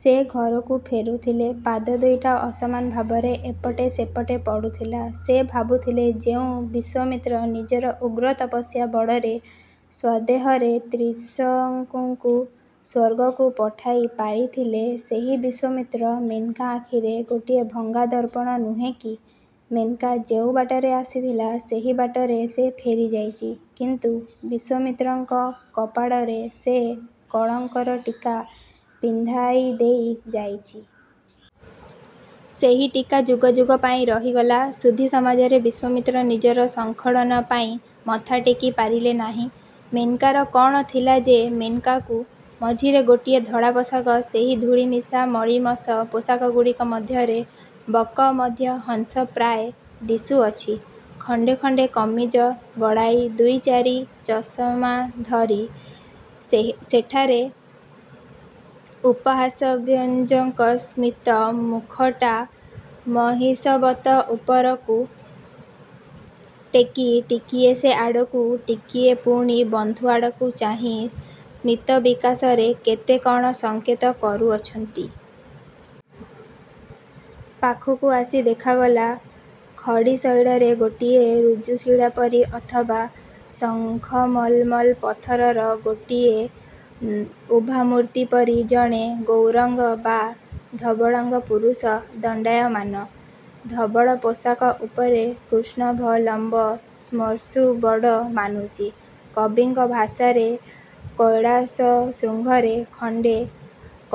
ସେ ଘରକୁ ଫେରୁଥିଲେ। ପାଦ ଦୁଇଟା ଅସମାନ ଭାବରେ ଏପଟେ ସେପଟେ ପଡ଼ୁଥିଲା। ସେ ଭାବୁଥିଲେ ଯେଉଁ ବିଶ୍ୱାମିତ୍ର ନିଜର ଉଗ୍ର ତପସ୍ୟା ବଳରେ ସ୍ୱଦେହରେ ତ୍ରିଶଙ୍କୁକୁ ସ୍ୱର୍ଗକୁ ପଠାଇ ପାରିଥିଲେ ସେହି ବିଶ୍ୱାମିତ୍ର ମେନକା ଆଖିରେ ଗୋଟିଏ ଭଙ୍ଗାଦର୍ପଣ ନୁହେଁ କି? ମେନକା ଯେଉଁ ବାଟରେ ଆସିଥିଲା ସେହି ବାଟରେ ସେ ଫେରିଯାଇଛି; କିନ୍ତୁ ବିଶ୍ୱାମିତ୍ରଙ୍କ କପାଳରେ ସେ କଳଙ୍କର ଟୀକା ପିନ୍ଧାଇଦେଇ ଯାଇଛି। ସେହି ଟୀକା ଯୁଗଯୁଗ ପାଇଁ ରହିଗଲା। ସୁଧୀ ସମାଜରେ ବିଶ୍ୱାମିତ୍ର ନିଜର ସ୍ଖଳନ ପାଇଁ ମଥାଟେକି ପାରିଲେ ନାହିଁ। ମେନକାର କ'ଣ ଥିଲା ଯେ ମେନକାକୁ। ମଝିରେ ଗୋଟିଏ ଧଳାପୋଷାକ ସେହି ଧୂଳିମିଶା ମଳୀମସ ପୋଷାକଗୁଡ଼ାକ ମଧ୍ୟରେ 'ବକ ମଧ୍ୟେ ହଂସ ପ୍ରାୟ' ଦିଶୁଅଛି। ଖଣ୍ତେ ଖଣ୍ତେ କମିଜ ଗଳାଇ ଦୁଇ ଚାରି ଚଷମାଧାରୀ ସେହିଠାରେ ଉପହାସବ୍ୟଞ୍ଜକ ସ୍ମିତ ମୁଖଟା ମହିଷବତ୍ ଉପରକୁ ଟେକି ଟିକିଏ ସେ ଆଡ଼କୁ ଟିକିଏ ପୁଣି ବନ୍ଧୁ ଆଡ଼କୁ ଚାହିଁ ସ୍ମିତବିକାଶରେ କେତେ କଣ ସଙ୍କେତ କରୁଅଛନ୍ତି। ପାଖକୁ ଆସି ଦେଖାଗଲା, ଖଡ଼ିଶୈଳର ଗୋଟିଏ ଋଜୁଶିଳା ପରି ଅଥବା ଶଙ୍ଖମଲମଲ ପଥରର ଗୋଟିଏ ଉଭାମୂର୍ତ୍ତି ପରି ଜଣେ ଗୌରାଙ୍ଗ ବା ଧବଳାଙ୍ଗ ପୁରୁଷ ଦଣ୍ତାୟମାନ। ଧବଳପୋଷାକ ଉପରେ କୃଷ୍ଣାଭ ଲମ୍ବ ଶ୍ମଶ୍ରୁ ବଡ଼ ମାନୁଛି। କବିଙ୍କ ଭାଷାରେ କୈଳାସଶୃଙ୍ଗରେ ଖଣ୍ତେ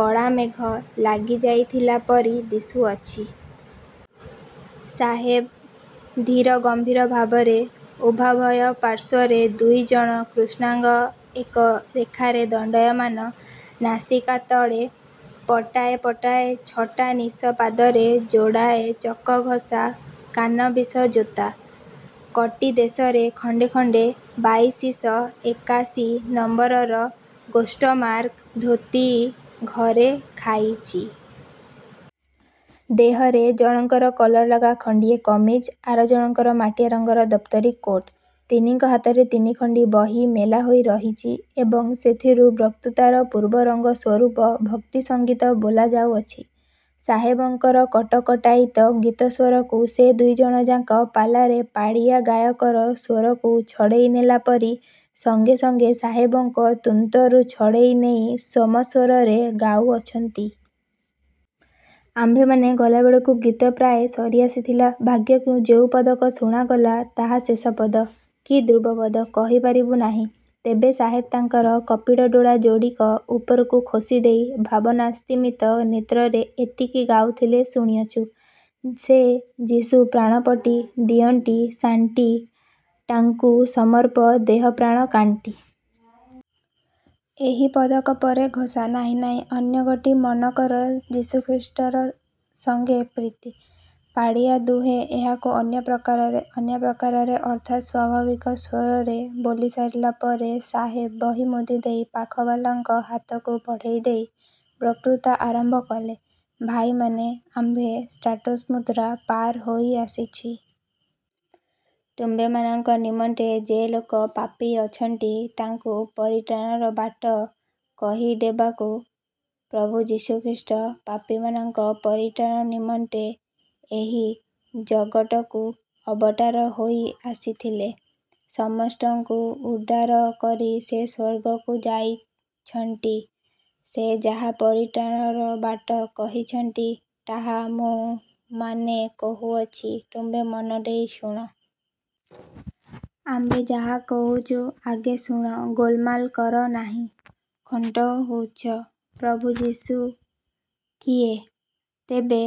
କଳାମେଘ ଲାଗିଯାଇଥିଲା ପରି ଦିଶୁଅଛି। ସାହେବ ଧୀର ଗମ୍ଭୀର ଭାବରେ ଉଭା ଉଭୟ ପାର୍ଶ୍ୱରେ ଦୁଇ ଜଣ କୃଷ୍ଣାଙ୍ଗ ଏକ ରେଖାରେ ଦଣ୍ଡାୟମାନ ନାସିକା ତଳେ ପଟାଏ ପଟାଏ ଛଟା ନିଶ ପାଦରେ ଯୋଡ଼ାଏ ଚକଘଷା କାନବିସ ଯୋତା। କଟିଦେଶରେ ଖଣ୍ଡେ ଖଣ୍ତେ ବାଇଶିଶ ଏକାଶୀ ନମ୍ବରର ଗୋଷ୍ଟମାର୍କ ଧୋତି ଘେର ଖାଇଛି। ଦେହରେ ଜଣକର କାଲରଲଗା ଖଣ୍ତିଏ କମିଜ ଆର ଜଣକର ମାଟିଆ ରଙ୍ଗର ଦଫାଦାରୀ କୋଟ। ତିନିଙ୍କ ହାତରେ ତିନି ଖଣ୍ତି ବହି ମେଲା ହୋଇ ରହିଅଛି ଏବଂ ସେଥିରୁ ବକ୍ତୃତାର ପୂର୍ବରଙ୍ଗସ୍ୱରୂପ ଭକ୍ତିସଙ୍ଗୀତ ବୋଲା ଯାଉଅଛି। ସାହେବଙ୍କର କଟକଟାୟିତ ଗୀତସ୍ୱରକୁ ସେ ଦୁଇଜଣ ଯାକ ପାଲାରେ ପାଳିଆ ଗାୟକର ସ୍ୱରକୁ ଛଡ଼ାଇନେଲା ପରି ସଙ୍ଗେ ସଙ୍ଗେ ସାହେବଙ୍କ ତୁଣ୍ତରୁ ଛଡ଼ାଇନେଇ ସମସ୍ୱରରେ ଗାଉଅଛନ୍ତି। ଆମ୍ଭେମାନେ ଗଲାବେଳକୁ ଗୀତ ପ୍ରାୟ ସରିଆସିଥିଲା। ଭାଗ୍ୟକୁ ଯେଉଁ ପଦକ ଶୁଣାଗଲା, ତାହା ଶେଷ ପଦ, କି ଧ୍ରୁବପଦ, କହି ପାରିବୁଁ ନାହିଁ ତେବେ ସାହେବ ତାଙ୍କର କପିଳ ଡୋଳା ଯୋଡ଼ିକ ଉପରକୁ ଖୋଷିଦେଇ ଭାବନାସ୍ତିମିତ ନେତ୍ରରେ ଏତିକି ଗାଉଥିଲେ ଶୁଣିଅଛୁଁ। ସେ ଯିଶୁ ପ୍ରାଣପଟି ଡିଅଣ୍ଟି ଶାଣ୍ଟି ଟାଙ୍କୁ ସମର୍ପ ଡେହପ୍ରାଣ କାଣ୍ଟି। ଏହି ପଦକ ପରେ ଘୋଷା- ନାହିଁ ନାହିଁ ଅନ୍ୟ ଗଟି ମନ କର ଯୀଶୁଖ୍ରୀଷ୍ଟର ସଙ୍ଗେ ପ୍ରୀଟି। ପାଳିଆ ଦୁହେଁ ଏହାକୁ ଅନ୍ୟପ୍ରକାରେ, ଅନ୍ୟପ୍ରକାରେ ଅର୍ଥାତ୍ ସ୍ୱାଭାବିକ ସ୍ୱରରେ ବୋଲିସାରିଲା ପରେ ସାହେବ ବହି ମୁଦିଦେଇ ପାଖବାଲାଙ୍କ ହାତକୁ ବଢ଼ାଇଦେଇ ବକ୍ତୃତା ଆରମ୍ଭ କଲେ- 'ଭାଇମାନେ, ଆମ୍ଭେ ସାଟ୍ସମୁଡ୍ର ପାର ହୋଇ ଆସିଅଛି। ଟୁମ୍ବମାନଙ୍କ ନିମଣ୍ଟେ ଯେ ଲୋକ ପାପୀ ଅଛଣ୍ଟି, ଟାଙ୍କୁ ପରିଠ୍ରାଣର ବାଟ କହିଡେବାକୁ, ପ୍ରଭୁ ଯୀଶୁଖ୍ରୀଷ୍ଟ ପାପିମାନଙ୍କ ପରିଟ୍ରାଣ ନିମଣ୍ଟେ ଏ ଜଗଟକୁ ଅବଟାର ହୋଇ ଆସିଥିଲେ। ସମଷ୍ଟଙ୍କୁ ଉଡ୍ଢାର କରି ସେ ସ୍ୱର୍ଗକୁ ଯାଇଚ୍ଛଣ୍ଟି। ସେ ଯାହା ପରିଟ୍ରାଣର ବାଟ କହିଛଣ୍ଟି ଟାହା ମୁଁ ମାନେ କହୁଅଛି ଟୁମ୍ବେ ମନ ଡେଇ ଶୁଣ। ଆମ୍ବେ ଯାହା କହୁଛି ଆଗେ ଶୁଣ ଗୋଲମାଲ କର ନାହିଁ। ଖଣ୍କହୁଛ- ପ୍ରଭୁ ଯୀଶୁ ଖିଏ? ଟେବେ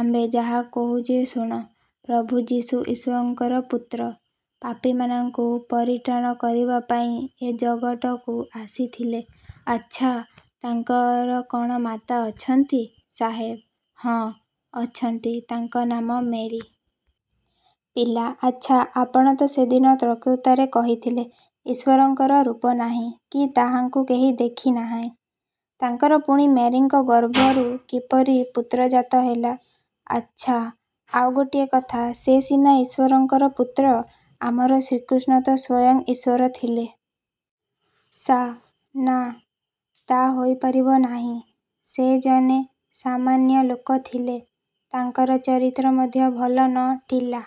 ଆମ୍ବେ ଯାହା କହୁଛି ଶୁଣ। ପ୍ରଭୁ ଯୀଶୁ ଈଶ୍ୱରଙ୍କର ପୁଟ୍ର, ପାପିମାନଙ୍କୁ ପରିଟ୍ରାଣ କରିବାପାଇଁ ଏ ଜଗଟକୁ ଆସିଥିଲେ। ''ଆଚ୍ଛା, ତାଙ୍କର କଣ ମାତା ଅଛନ୍ତି? '' ସାହେବ-ହଁ, ଅଛଣ୍ଟି ଟାଙ୍କ ନାମ ମେରୀ। ପିଲା- ଆଚ୍ଛା, ଆପଣ ତ ସେ ଦିନ ତକ୍ତୃତାରେ କହିଥିଲେ, ଈଶ୍ୱରଙ୍କର ରୂପ ନାହିଁ, କି ତାହାଙ୍କୁ କେହି ଦେଖି ନାହିଁ। ତାଙ୍କର ପୁଣି ମେରୀଙ୍କ ଗର୍ଭରୁ କିପରି ପୁତ୍ର ଜାତ ହେଲା? ଆଚ୍ଛା, ଆଉ ଗୋଟିଏ କଥା ସେ ସିନା ଈଶ୍ୱରଙ୍କର ପୁତ୍ର, ଆମ୍ଭର ଶ୍ରୀକୃଷ୍ଣ ତ ସ୍ୱୟଂ ଈଶ୍ୱର ଥିଲେ। ସା- ନା, ଟା ହୋଇ ପାରଇ ନାହିଁ। ସେ ଜନେ ସାମାନ୍ୟ ଲୋକ ଥିଲେ। ଟାଙ୍କର ଚରିଟ୍ର ମଧ୍ୟ ଭଲ ନ ଠିଲା।